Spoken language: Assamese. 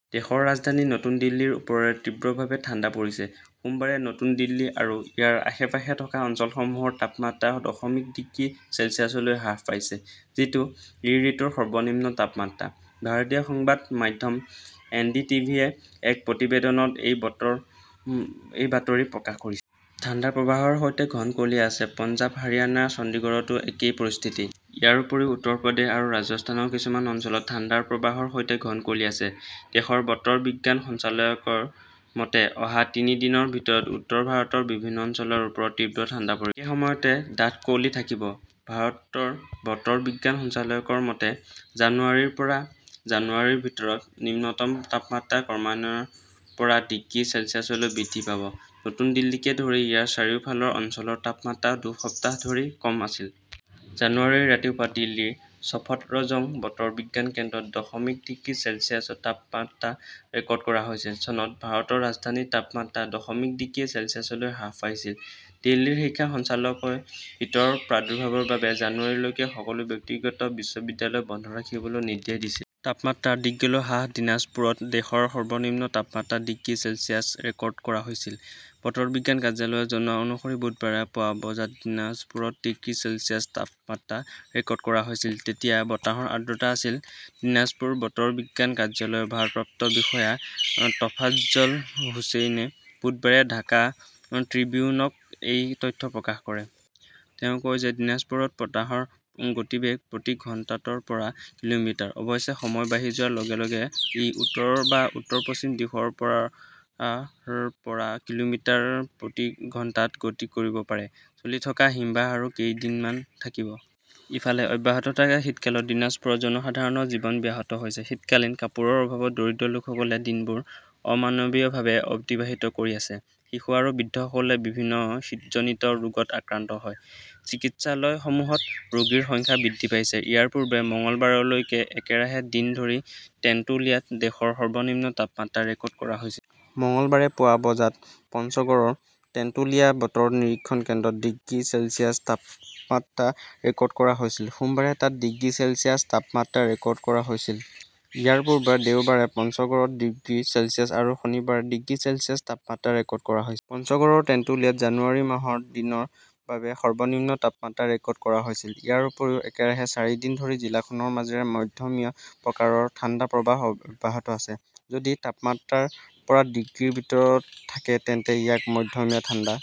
দেশৰ ৰাজধানী নতুন দিল্লীৰ ওপৰেৰে তীব্ৰভাৱে ঠাণ্ডা পৰিছে। সোমবাৰে নতুন দিল্লী আৰু ইয়াৰ আশে-পাশে থকা অঞ্চলসমূহৰ তাপমাত্ৰা দশমিক ডিগ্ৰী চেলছিয়াছলৈ হ্ৰাস পাইছে, যিটো এই ঋতুৰ সৰ্বনিম্ন তাপমাত্ৰা। ভাৰতীয় সংবাদ মাধ্যম এনডিটিভিয়ে এক প্ৰতিবেদনত এই বাতৰি প্ৰকাশ কৰিছে। ঠাণ্ডাৰ প্ৰৱাহৰ সৈতে ঘন কুঁৱলী আছে। পঞ্জাৱ, হাৰিয়ানা আৰু চণ্ডীগড়তো একেই পৰিস্থিতি। ইয়াৰ উপৰিও উত্তৰ প্ৰদেশ আৰু ৰাজস্থানৰ কিছুমান অঞ্চলত ঠাণ্ডাৰ প্ৰবাহৰ সৈতে ঘন কুঁৱলী আছে। দেশৰ বতৰ বিজ্ঞান সঞ্চালকালয়ৰ মতে, অহা তিনি দিনৰ ভিতৰত উত্তৰ ভাৰতৰ বিভিন্ন অঞ্চলৰ ওপৰত তীব্ৰ ঠাণ্ডা পৰিব। একে সময়তে ডাঠ কুঁৱলী থাকিব। ভাৰতৰ বতৰ বিজ্ঞান সঞ্চালকালয়ৰ মতে, জানুৱাৰীৰ পৰা জানুৱাৰীৰ ভিতৰত নিম্নতম তাপমাত্ৰা ক্ৰমান্বয়ে ৰ পৰা ডিগ্ৰী চেলছিয়াছলৈ বৃদ্ধি পাব। নতুন দিল্লীকে ধৰি ইয়াৰ চাৰিওফালৰ অঞ্চলৰ তাপমাত্ৰা দুসপ্তাহ ধৰি কম আছিল। জানুৱাৰীৰ ৰাতিপুৱা দিল্লীৰ চফদৰজং বতৰ বিজ্ঞান কেন্দ্ৰত দশমিক ডিগ্ৰী চেলছিয়াছ তাপমাত্ৰা ৰেকৰ্ড কৰা হৈছিল। চনত ভাৰতৰ ৰাজধানীৰ তাপমাত্ৰা দশমিক ডিগ্ৰী চেলছিয়াছলৈ হ্ৰাস পাইছিল। দিল্লীৰ শিক্ষা সঞ্চালকালয়ই শীতৰ প্ৰাদুৰ্ভাৱৰ বাবে জানুৱাৰীলৈকে সকলো ব্যক্তিগত বিদ্যালয় বন্ধ ৰাখিবলৈ নিৰ্দেশ দিছিল। তাপমাত্ৰা ডিগ্ৰীলৈ হ্ৰাস দিনাজপুৰত দেশৰ সৰ্বনিম্ন তাপমাত্ৰা ডিগ্ৰী চেলছিয়াছ ৰেকৰ্ড কৰা হৈছিল। বতৰ বিজ্ঞান কাৰ্যালয়ে জনোৱা অনুসৰি বুধবাৰে পুৱা বজাত দিনাজপুৰত ডিগ্ৰী চেলছিয়াছ তাপমাত্ৰা ৰেকৰ্ড কৰা হৈছিল; তেতিয়া বতাহৰ আৰ্দ্ৰতা আছিল। দিনাজপুৰ বতৰ বিজ্ঞান কাৰ্যালয়ৰ ভাৰপ্ৰাপ্ত বিষয়া টফাজ্জল হুচেইনে বুধবাৰে ঢাকা ট্ৰিবিউনক এই তথ্য প্ৰকাশ কৰে। তেওঁ কয় যে দিনাজপুৰত বতাহৰ গতিবেগ প্ৰতি ঘণ্টাত ৰ পৰা কিলোমিটাৰ। অৱশ্যে, সময় বাঢ়ি যোৱাৰ লগে লগে ই উত্তৰ বা উত্তৰ-পশ্চিম দিশৰ পৰা ৰ পৰা কিলোমিটাৰ প্ৰতি ঘণ্টাত গতি কৰিব পাৰে। চলি থকা হিমবাহ আৰু কেইদিনমান থাকিব। ইফালে, অব্যাহত থকা শীতকালত দিনাজপুৰত জনসাধাৰণৰ জীৱন ব্যাহত হৈছে। শীতকালীন কাপোৰৰ অভাৱত দৰিদ্ৰ লোকসকলে দিনবোৰ অমানৱীয়ভাৱে অতিবাহিত কৰি আছে। শিশু আৰু বৃদ্ধসকলে বিভিন্ন শীতজনিত ৰোগত আক্ৰান্ত হয়। চিকিৎসালয়সমূহত ৰোগীৰ সংখ্যা বৃদ্ধি পাইছে। ইয়াৰ পূৰ্বে মঙলবাৰলৈকে একেৰাহে দিন ধৰি টেন্টুলিয়াত দেশৰ সৰ্বনিম্ন তাপমাত্ৰা ৰেকৰ্ড কৰা হৈছিল। মঙলবাৰে পুৱা বজাত পঞ্চগড়ৰ তেন্তুলিয়া বতৰ নিৰীক্ষণ কেন্দ্ৰত ডিগ্ৰী চেলছিয়াছ তাপমাত্ৰা ৰেকৰ্ড কৰা হৈছিল। সোমবাৰে তাত ডিগ্ৰী চেলছিয়াছ তাপমাত্ৰা ৰেকৰ্ড কৰা হৈছিল। ইয়াৰ পূৰ্বে দেওবাৰে পঞ্চগড়ত ডিগ্ৰী চেলছিয়াছ আৰু শনিবাৰে ডিগ্ৰী চেলছিয়াছ তাপমাত্ৰা ৰেকৰ্ড কৰা হৈছিল। পঞ্চগড়ৰ তেন্তুলিয়াত জানুৱাৰী মাহৰ দিনৰ বাবে সৰ্বনিম্ন তাপমাত্ৰা ৰেকৰ্ড কৰা হৈছিল। ইয়াৰ উপৰিও, একেৰাহে চাৰিদিন ধৰি জিলাখনৰ মাজেৰে মধ্যমীয়া প্ৰকাৰৰ ঠাণ্ডা প্ৰৱাহ অব্যাহত আছে। যদি তাপমাত্ৰা ৰ পৰা ডিগ্ৰীৰ ভিতৰত থাকে তেন্তে ইয়াক মধ্যমীয়া ঠাণ্ডা